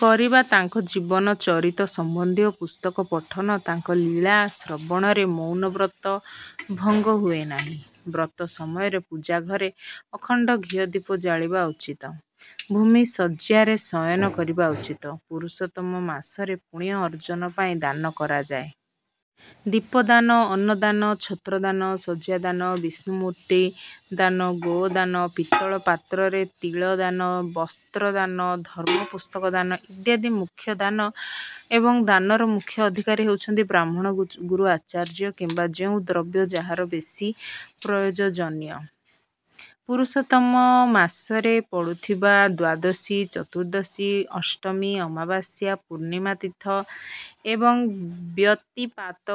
କରିବା ତାଙ୍କ ଜୀବନ ଚରିତ ସମ୍ବନ୍ଧୀୟ ପୁସ୍ତକ ପଠନ ତାଙ୍କ ଲୀଳା ଶ୍ରବଣରେ ମୌନବ୍ରତ ଭଙ୍ଗ ହୁଏନାହିଁ। ବ୍ରତ ସମୟରେ ପୂଜା ଘରେ ଅଖଣ୍ଡ ଘିଅ ଦୀପ ଜାଳିବା ଉଚିତ। ଭୂମି ଶଯ୍ୟାରେ ଶୟନ କରିବା ଉଚିତ। ପୁରୁଷୋତ୍ତମ ମାସରେ ପୂଣ୍ୟ ଅର୍ଜନ ପାଇଁ ଦାନ କରାଯାଏ। ଦୀପଦାନ ଅନ୍ନଦାନ ଛତ୍ରଦାନ ଶଯ୍ୟାଦାନ ବିଷ୍ଣୁମୁର୍ତ୍ତି ଦାନ ଗୋଦାନ ପିତ୍ତଳ ପାତ୍ରରେ ତିଳଦାନ ବସ୍ତ୍ରଦାନ ଧର୍ମପୁସ୍ତକ ଦାନ ଇତ୍ୟାଦି ମୁଖ୍ୟ ଦାନ ଏବଂ ଦାନର ମୁଖ୍ୟ ଅଧିକାରୀ ହେଉଛନ୍ତି ବ୍ରାହ୍ମଣ ଗୁ ଗୁରୁ ଆଚାର୍ଯ୍ୟ କିମ୍ବା ଯେଉଁ ଦ୍ରବ୍ୟ ଯାହାର ବେଶୀ ପ୍ରୟୋଜନୀୟ। ପୁରୁଷୋତ୍ତମ ମାସରେ ପଡୁଥିବା ଦ୍ୱାଦଶୀ ଚତୁର୍ଦ୍ଦଶୀ ଅଷ୍ଟମୀ ଅମାବାସ୍ୟା ପୂର୍ଣିମା ତିଥି ଏବଂ ବ୍ୟତିପାତ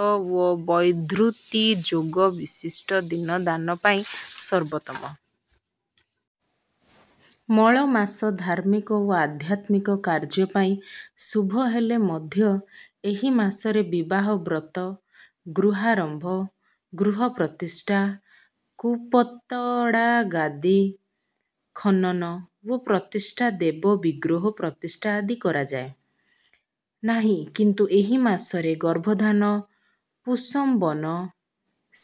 ଓ ବୈଧୃତି ଯୋଗ ବିଶିଷ୍ଟ ଦିନ ଦାନ ପାଇଁ ସର୍ବୋତ୍ତମ। ମଳ ମାସ ଧାର୍ମିକ ଓ ଆଧ୍ୟାତ୍ମିକ କାର୍ଯ୍ୟ ପାଇଁ ଶୁଭ ହେଲେ ମଧ୍ୟ ଏହି ମାସରେ ବିବାହ ବ୍ରତ ଗୃହାରମ୍ଭ ଗୃହପ୍ରତିଷ୍ଠା କୂପତଡ଼ାଗାଦି ଖନନ ଓ ପ୍ରତିଷ୍ଠା ଦେବ ବିଗ୍ରହ ପ୍ରତିଷ୍ଠା ଆଦି କରାଯାଏ ନାହିଁ କିନ୍ତୁ ଏହି ମାସରେ ଗର୍ଭଧାନ ପୁଂସବନ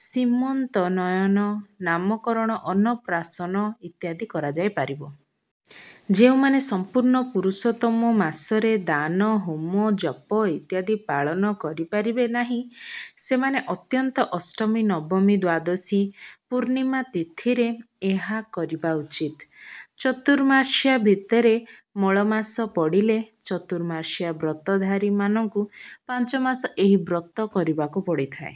ସିମନ୍ତୋନ୍ନୟନ ନାମକରଣ ଅନ୍ନପ୍ରାଶନ ଇତ୍ୟାଦି କରାଯାଇ ପାରିବ। ଯେଉଁମାନେ ସମ୍ପୁର୍ଣ୍ଣ ପୁରୁଷୋତ୍ତମ ମାସରେ ଦାନ ହୋମ ଜପ ଇତ୍ୟାଦି ପାଳନ କରିପାରିବେ ନାହିଁ ସେମାନେ ଅନ୍ତତଃ ଅଷ୍ଟମୀ ନବମୀ ଦ୍ୱାଦଶୀ ପୂର୍ଣ୍ଣିମା ତିଥିରେ ଏହା କରିବା ଉଚିତ। ଚତୁର୍ମାସ୍ୟା ଭିତରେ ମଳମାସ ପଡ଼ିଲେ ଚତୁର୍ମାସ୍ୟା ବ୍ରତଧାରୀମାନଙ୍କୁ ପାଞ୍ଚ ମାସ ଏହି ବ୍ରତ କରିବାକୁ ପଡ଼ିଥାଏ।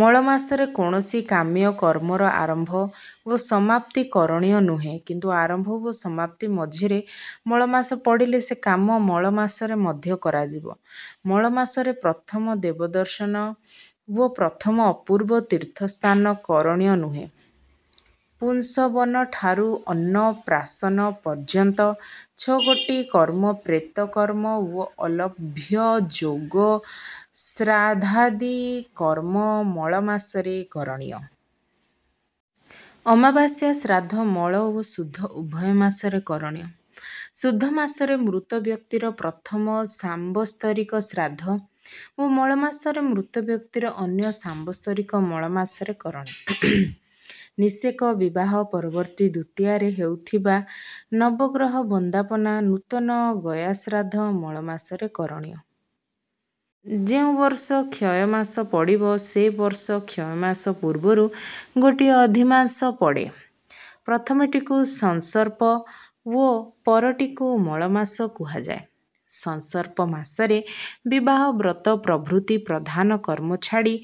ମଳମାସରେ କୌଣସି କାମ୍ୟ କର୍ମର ଆରମ୍ଭ ଓ ସମାପ୍ତି କରଣୀୟ ନୁହେଁ କିନ୍ତୁ ଆରମ୍ବ ଓ ସମାପ୍ତି ମଝିରେ ମଳମାସ ପଡ଼ିଲେ ସେ କାମ ମଳମାସରେ ମଧ୍ୟ କରାଯିବ। ମଳମାସରେ ପ୍ରଥମ ଦେବଦର୍ଶନ ଓ ପ୍ରଥମ ଅପୂର୍ବ ତୀର୍ଥସ୍ନାନ କରଣୀୟ ନୁହେଁ। ପୁଂସବନଠାରୁ ଅନ୍ନପ୍ରାଶନ ପର୍ଯ୍ୟନ୍ତ ଛଅ ଗୋଟି କର୍ମ ପ୍ରେତ କର୍ମ ଓ ଅଲଭ୍ୟ ଯୋଗ ଶ୍ରାଦ୍ଧାଦି କର୍ମ ମଳମାସରେ କରଣୀୟ। ଅମାବାସ୍ୟା ଶ୍ରାଦ୍ଧ ମଳ ଓ ଶୁଦ୍ଧ ଉଭୟ ମାସରେ କରଣୀୟ। ଶୁଦ୍ଧ ମାସରେ ମୃତ ବ୍ୟକ୍ତିର ପ୍ରଥମ ସାମ୍ବତ୍ସରିକ ଶ୍ରାଦ୍ଧ ଓ ମଳମାସରେ ମୃତ ବ୍ୟକ୍ତିର ଅନ୍ୟ ସାମ୍ବତ୍ସରିକ ମଳ ମାସରେ କରଣୀୟ। ନିଷେକ ବିବାହ ପରବର୍ତ୍ତୀ ଦ୍ୱିତୀୟାରେ ହେଉଥିବା ନବଗ୍ରହ ବନ୍ଦାପନା ନୂତନ ଗୟାଶ୍ରାଦ୍ଧ ମଳମାସରେ କରଣୀୟ। ଯେଉଁ ବର୍ଷ କ୍ଷୟମାସ ପଡ଼ିବ ସେ ବର୍ଷ କ୍ଷୟମାସ ପୂର୍ବରୁ ଗୋଟିଏ ଅଧିମାସ ପଡ଼େ। ପ୍ରଥମଟିକୁ ସଂସର୍ପ ଓ ପରଟିକୁ ମଳମାସ କୁହାଯାଏ। ସଂସର୍ପ ମାସରେ ବିବାହ ବ୍ରତ ପ୍ରଭୃତି ପ୍ରଧାନ କର୍ମ ଛାଡ଼ି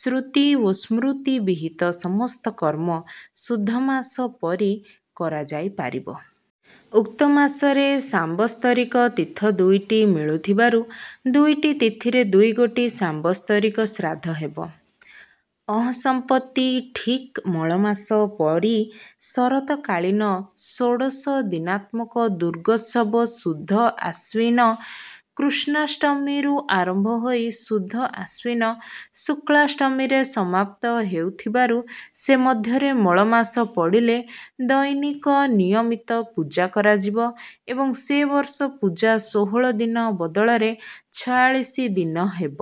ଶ୍ରୁତି ଓ ସ୍ମୃତି ବିହିତ ସମସ୍ତ କର୍ମ ଶୁଦ୍ଧମାସ ପରି କରାଯାଇପାରିବ। ଉକ୍ତ ମାସରେ ସାମ୍ବତ୍ସରିକ ତିଥି ଦୁଇଟି ମିଳୁଥିବାରୁ ଦୁଇଟି ତିଥିରେ ଦୁଇଗୋଟି ସାମ୍ବତ୍ସରିକ ଶ୍ରାଦ୍ଧ ହେବ। ଅଂହସ୍ପତି ଠିକ ମଳମାସ ପରି ଶରତ କାଳୀନ ଷୋଡଶଦିନାତ୍ମକ ଦୁର୍ଗୋତ୍ସବ ଶୁଦ୍ଧ ଆଶ୍ୱୀନ କୃଷ୍ଣାଷ୍ଟମୀରୁ ଆରମ୍ଭ ହୋଇ ଶୁଦ୍ଧ ଆଶ୍ୱିନ ଶୁକ୍ଲାଷ୍ଟମୀରେ ସମାପ୍ତ ହେଉଥିବାରୁ ସେ ମଧ୍ୟରେ ମଳମାସ ପଡ଼ିଲେ ଦୈନିକ ନିୟମିତ ପୂଜା କରାଯିବ ଏବଂ ସେ ବର୍ଷ ପୂଜା ଷୋହଳ ଦିନ ବଦଳରେ ଛୟାଳିଶ ଦିନ ହେବ।